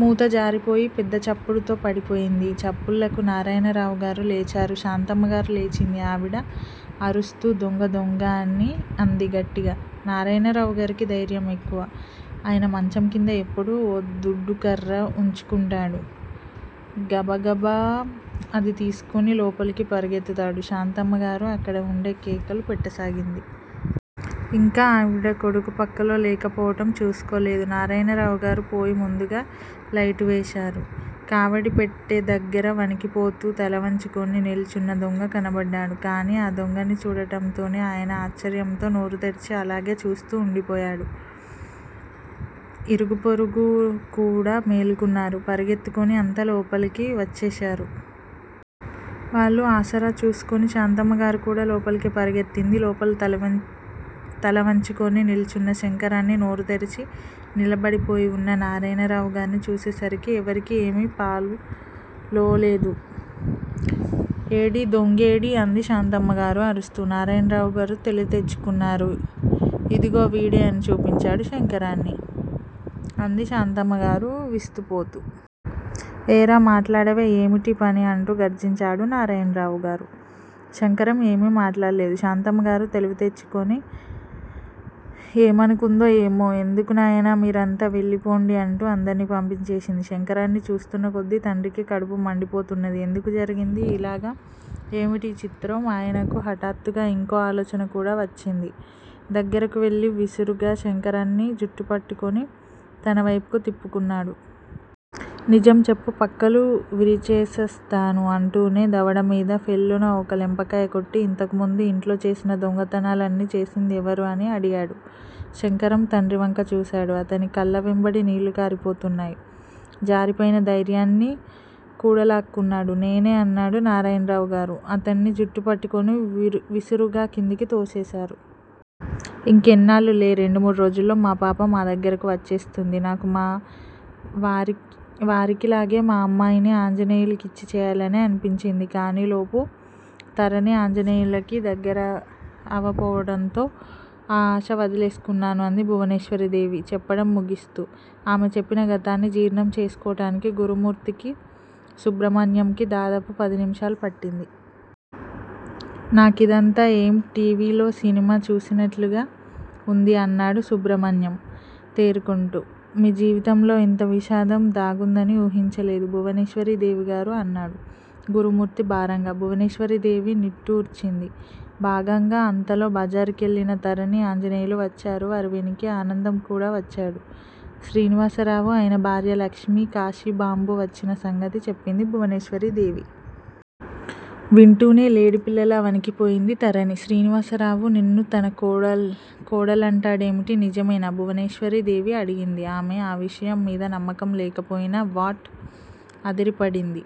మూత జారిపోయి పెద్దచప్పుడుతో పడిపోయింది. ఈ చప్పుళ్ళకు నారాయణరావుగారు లేచారు. శాంతమ్మగారు లేచింది. ఆవిడ అరుస్తూ దొంగ దొంగ అంది గట్టిగా. నారాయణరావుగారికి ధైర్యం ఎక్కువ. ఆయన మంచంక్రింద ఎప్పుడూ ఓ దుడ్డుకర్ర వుంచుకుంటాడు. గబగబ అది తీసుకుని లోపలికి పరుగెత్తాడు. శాంతమ్మగారు అక్కడ వుండే కేకలు పెట్టసాగింది. ఇంకా ఆవిడ కొడుకు ప్రక్కలో లేకపోవటం చూసుకోలేదు. నారాయణరావుగారు పోయి ముందుగా లైటు వేశారు. కావడిపెట్టె దగ్గర వణికిపోతూ తలవంచుకుని నిల్చున్న దొంగ కనబడ్డాడు. కాని ఆ దొంగని చూడటంతోనే ఆయన ఆశ్చర్యంతో నోరుతెరిచి అలాగే చూస్తూ వుండిపోయారు. ఇరుగు పొరుగుకూడా మేలుకున్నారు. పరుగెత్తుకుని అంతా లోపలికి వచ్చేశారు. వాళ్ళ ఆసరా చూసుకుని శాంతమ్మగారుకూడా లోపలికి పరుగెత్తింది. లోపల తలవంచుకుని నిల్చున్న శంకరాన్ని, నోరుతెరచి నిలబడిపోయి వున్న నారాయణరావుగార్నీ చూసేసరికి ఎవరికీ ఏమీ పాలులోలేదు. ఏడీ దొంగేడీ? అంది శాంతమ్మగారు అరుస్తూ నారాయణరావుగారు తెలివి తెచ్చుకున్నారు. ఇదిగో వీడే అని చూపించాడు శంకరాన్ని ఆఁ అంది శాంతమ్మగారు విస్తుపోతూ. ఏరా మాట్లాడవే? ఏమిటీ పని? అంటూ గర్జించాడు నారాయణరావు గారు. శంకరం ఏమీ మాట్లాడలేదు. శాంతమ్మగారు తెలివితెచ్చుకొని ఏమనుకుందో ఏమో ఎందుకు నాయనా మీరంతా వెళ్ళిపొండి అంటూ అందర్నీ పంపించేసింది. శంకరాన్ని చూస్తున్నకొద్దీ తండ్రికి కడుపు మండిపోతున్నది. ఎందుకు జరిగింది యిలాగ? ఏమిటీ చిత్రం? ఆయనకు హఠాత్తుగా యింకో ఆలోచనకూడా వహ్చింది దగ్గరకు వెళ్ళి విసురుగా శంకరాన్ని జుట్టుపట్టుకుని తనవైపుకు త్రిప్పుకున్నాడు. నిజం చెప్పు పక్కలు విరిచేసస్తాను అంటూనే దవడమీద ఫెళ్ళున ఒక లెంపకాయ కొట్టి ఇంతకుముందు యింట్లో చేసిన దొంగతనాలన్నీ చేసింది ఎవరు? అని అడిగాడు. శంకరం తండ్రివంక చూశాడు. అతని కళ్ళవెంబడి నీళ్ళు కారిపోతున్నాయి. జారిపోయిన ధైర్యాన్ని కూడలాక్కున్నాడు. నేనే అన్నాడు నారాయణరావుగారు అతన్ని జుట్టుపట్టుకుని విసురుగా క్రిందికి తోసేశారు. ఇంకెన్నాళ్ళులే రెండు మూడు రోజుల్లో మా పాప మా దగ్గరకు వచ్చేస్తుంది. నాకూ మా వారికిలాగే మా అమ్మాయిని ఆంజనేయులికిచ్చి చేయాలనే అనిపించింది. కానీలోపు తరణి ఆంజనేయులికి దగ్గరవటంతో ఆ ఆశ వదిలేసుకున్నాను అంది భువనేశ్వరీదేవి చెప్పటం ముగిస్తూ. ఆమె చెప్పిన గతాన్ని జీర్ణం చేసుకోటానికి గురుమూర్తికి, సుబ్రమణ్యంకి దాదాపు పది నిమిషాలు పట్టింది. నాకిదంతా ఎమ్ టీవిలో సినిమా చూసినట్లుగా ఉంది అన్నాడు సుబ్రమణ్యం తేరుకుంటూ. మీ జీవితంలో ఇంత విషాదం దాగుందని ఊహించలేదు భువనేశ్వరీదేవిగారు అన్నాడు గురుమూర్తి భారంగా. భువనేశ్వరీదేవి నిట్టూర్చింది భారంగా. అంతలో బజారుకెళ్ళిన తరణి, ఆంజనేయులు వచ్చారు. వారి వెనుకే ఆనందం కూడా వచ్చాడు. శ్రీనివాసరావు, ఆయన భార్య లక్ష్మి, కాశీబాంబు వచ్చిన సంగతి చెప్పింది భువనేశ్వరీదేవి. వింటూనే లేడిపిల్లలా వణికిపోయింది తరణి. శ్రీనివాసరావు నిన్ను తన కోడలంటాడేమిటి? నిజమేనా? భువనేశ్వరీ దేవి అడిగింది ఆమె ఆ విషయం మీద నమ్మకం లేకపోయినా. వ్వాట్?! అదిరిపడింది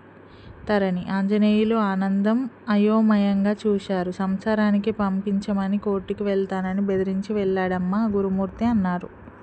తరణి. ఆంజనేయులు, ఆనందం అయోమయంగా చూశారు. సంసారానికి పంపించమని కోర్టుకి వెళ్తానని బెదిరించి వెళ్ళాడమ్మా గురుమూర్తి అన్నాడు.